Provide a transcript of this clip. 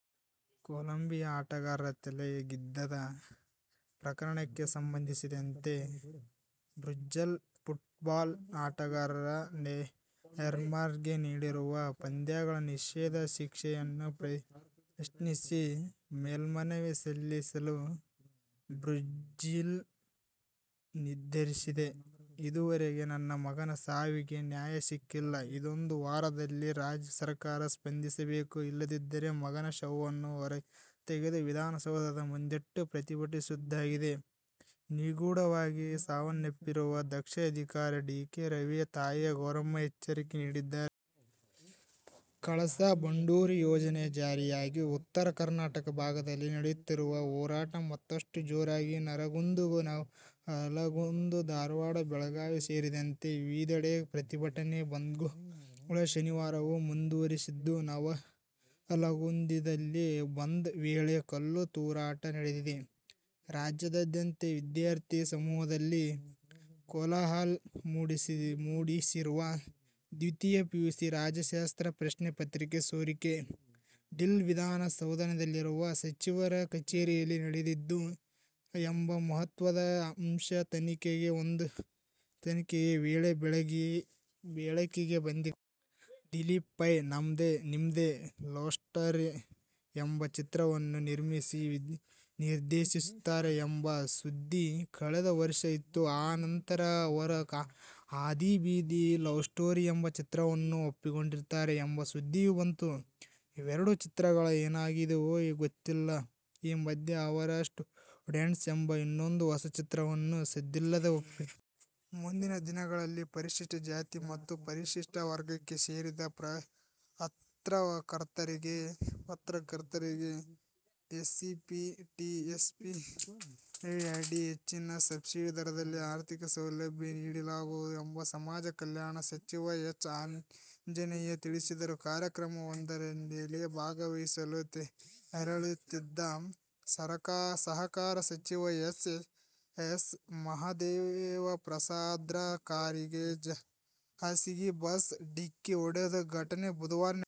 Colombia ಆಟಗಾರನ ತಲೆಗೆ ಗುದ್ದಿದ ಪ್ರಕರಣಕ್ಕೆ ಸಂಬಂಧಿಸಿದಂತೆ ಬ್ರಝಿಲ್ ಫುಟ್ಬಾಲ್ ಆಟಗಾರ ನೇಯ್ಮರ್ಗೆ ನೀಡಿರುವ ಪಂದ್ಯಗಳ ನಿಷೇಧ ಶಿಕ್ಷೆಯನ್ನು ಪ್ರಶ್ನಿಸಿ ಮೇಲ್ಮನವಿ ಸಲ್ಲಿಸಲು ಬ್ರಝಿಲ್ ನಿರ್ಧರಿಸಿದೆ. ಇದುವರೆಗೆ ನನ್ನ ಮಗನ ಸಾವಿಗೆ ನ್ಯಾಯ ಸಿಕ್ಕಿಲ್ಲ. ಇನ್ನೊಂದು ವಾರದಲ್ಲಿ ರಾಜ್ಯ ಸರ್ಕಾರ ಸ್ಪಂದಿಸಬೇಕು. ಇಲ್ಲದಿದ್ದರೆ ಮಗನ ಶವವನ್ನು ಹೊರತೆಗೆದು ವಿಧಾನಸೌಧದ ಮುಂದಿಟ್ಟು ಪ್ರತಿಭಟಿಸುವುದಾಗಿ ನಿಗೂಢವಾಗಿ ಸಾವನ್ನಪ್ಪಿರುವ ದಕ್ಷ ಅಧಿಕಾರಿ ಡಿಕೆ ರವಿ ತಾಯಿ ಗೌರಮ್ಮ ಎಚ್ಚರಿಕೆ ನೀಡಿದ್ದಾರೆ. ಕಳಸಾ-ಬಂಡೂರಿ ಯೋಜನೆಯ ಜಾರಿಗಾಗಿ ಉತ್ತರ ಕರ್ನಾಟಕ ಭಾಗದಲ್ಲಿ ನಡೆಯುತ್ತಿರುವ ಹೋರಾಟ ಮತ್ತಷ್ಟು ಜೋರಾಗಿದೆ. ನರಗುಂದ, ನವಲಗುಂದ, ಧಾರವಾಡ, ಬೆಳಗಾವಿ ಸೇರಿದಂತೆ ವಿವಿಧೆಡೆ ಪ್ರತಿಭಟನೆ, ಬಂದ್ಗಳು ಶನಿವಾರವೂ ಮುಂದುವರಿದಿದ್ದು, ನವಲಗುಂದದಲ್ಲಿ ಬಂದ್ ವೇಳೆ ಕಲ್ಲು ತೂರಾಟ ನಡೆದಿದೆ. ರಾಜ್ಯಾದ್ಯಂತ ವಿದ್ಯಾರ್ಥಿ ಸಮೂಹದಲ್ಲಿ ಕೋಲಾಹಲ ಮೂಡಿಸಿರುವ ದ್ವಿತೀಯ ಪಿಯುಸಿ ರಸಾಯನಶಾಸ್ತ್ರ ಪ್ರಶ್ನೆ ಪತ್ರಿಕೆ ಸೋರಿಕೆಯ ಡೀಲ್ ವಿಧಾನ ಸೌಧದಲ್ಲಿರುವ ಸಚಿವರ ಕಚೇರಿಯಲ್ಲೇ ನಡೆದಿತ್ತು ಎಂಬ ಮಹತ್ವದ ಅಂಶ ತನಿಖೆಯ ವೇಳೆ ಬೆಳಕಿಗೆ ಬಂದಿದೆ. ದಿಲೀಪ್ ಪೈ "ನಮ್ದೆ ನಿಮ್ದೆ ಲವ್ಸ್ಟೋರಿ' ಎಂಬ ಚಿತ್ರವನ್ನು ನಿರ್ಮಿಸಿ-ನಿರ್ದೇಶಿಸುತ್ತಾರೆ ಎಂಬ ಸುದ್ದಿ ಕಳೆದ ವರ್ಷ ಇತ್ತು. ಆ ನಂತರ ಅವರು "ಹಾದಿಬೀದಿ ಲವ್ಸ್ಟೋರಿ' ಎಂಬ ಚಿತ್ರವನ್ನು ಒಪ್ಪಿಕೊಂಡಿದ್ದಾರೆ ಎಂಬ ಸುದ್ದಿಯೂ ಬಂತು. ಇವೆರೆಡು ಚಿತ್ರಗಳು ಏನಾದವೋ ಗೊತ್ತಿಲ್ಲ. ಈ ಮಧ್ಯೆ ಅವರು "ಸ್ಟೂಡೆಂಟ್ಸ್' ಎಂಬ ಇನ್ನೊಂದು ಹೊಸ ಚಿತ್ರವನ್ನು ಸದ್ದಿಲ್ಲದೆ ಒಪ್ಪಿದ್ದಾರೆ. ಮುಂದಿನ ದಿನಗಳಲ್ಲಿ ಪರಿಶಿಷ್ಟ ಜಾತಿ ಮತ್ತು ಪರಿಶಿಷ್ಟ ವರ್ಗಕ್ಕೆ ಸೇರಿದ ಪತ್ರಕರ್ತರಿಗೆ ಎಸ್ಸಿಪಿ-ಟಿಎಸ್ಪಿ ಅಡಿ ಹೆಚ್ಚಿನ ಸಬ್ಸಿಡಿ ದರದಲ್ಲಿ ಆರ್ಥಿಕ ಸೌಲಭ್ಯ ನೀಡ ಲಾಗುವುದು ಎಂದು ಸಮಾಜ ಕಲ್ಯಾಣ ಸಚಿವ ಎಚ್. ಆಂಜನೇಯ ತಿಳಿಸಿದರು. ಕಾರ್ಯಕ್ರಮವೊಂದರಲ್ಲಿ ಭಾಗವಹಿಸಲು ತೆರಳುತ್ತಿದ್ದ ಸಹಕಾರ ಸಚಿವ ಎಚ್. ಎಸ್. ಮಹದೇವಪ್ರಸಾದ್ರ ಕಾರಿಗೆ ಖಾಸಗಿ ಬಸ್ ಡಿಕ್ಕಿ ಹೊಡೆದ ಘಟನೆ ಬುಧವಾರ ನಡೆದಿದೆ.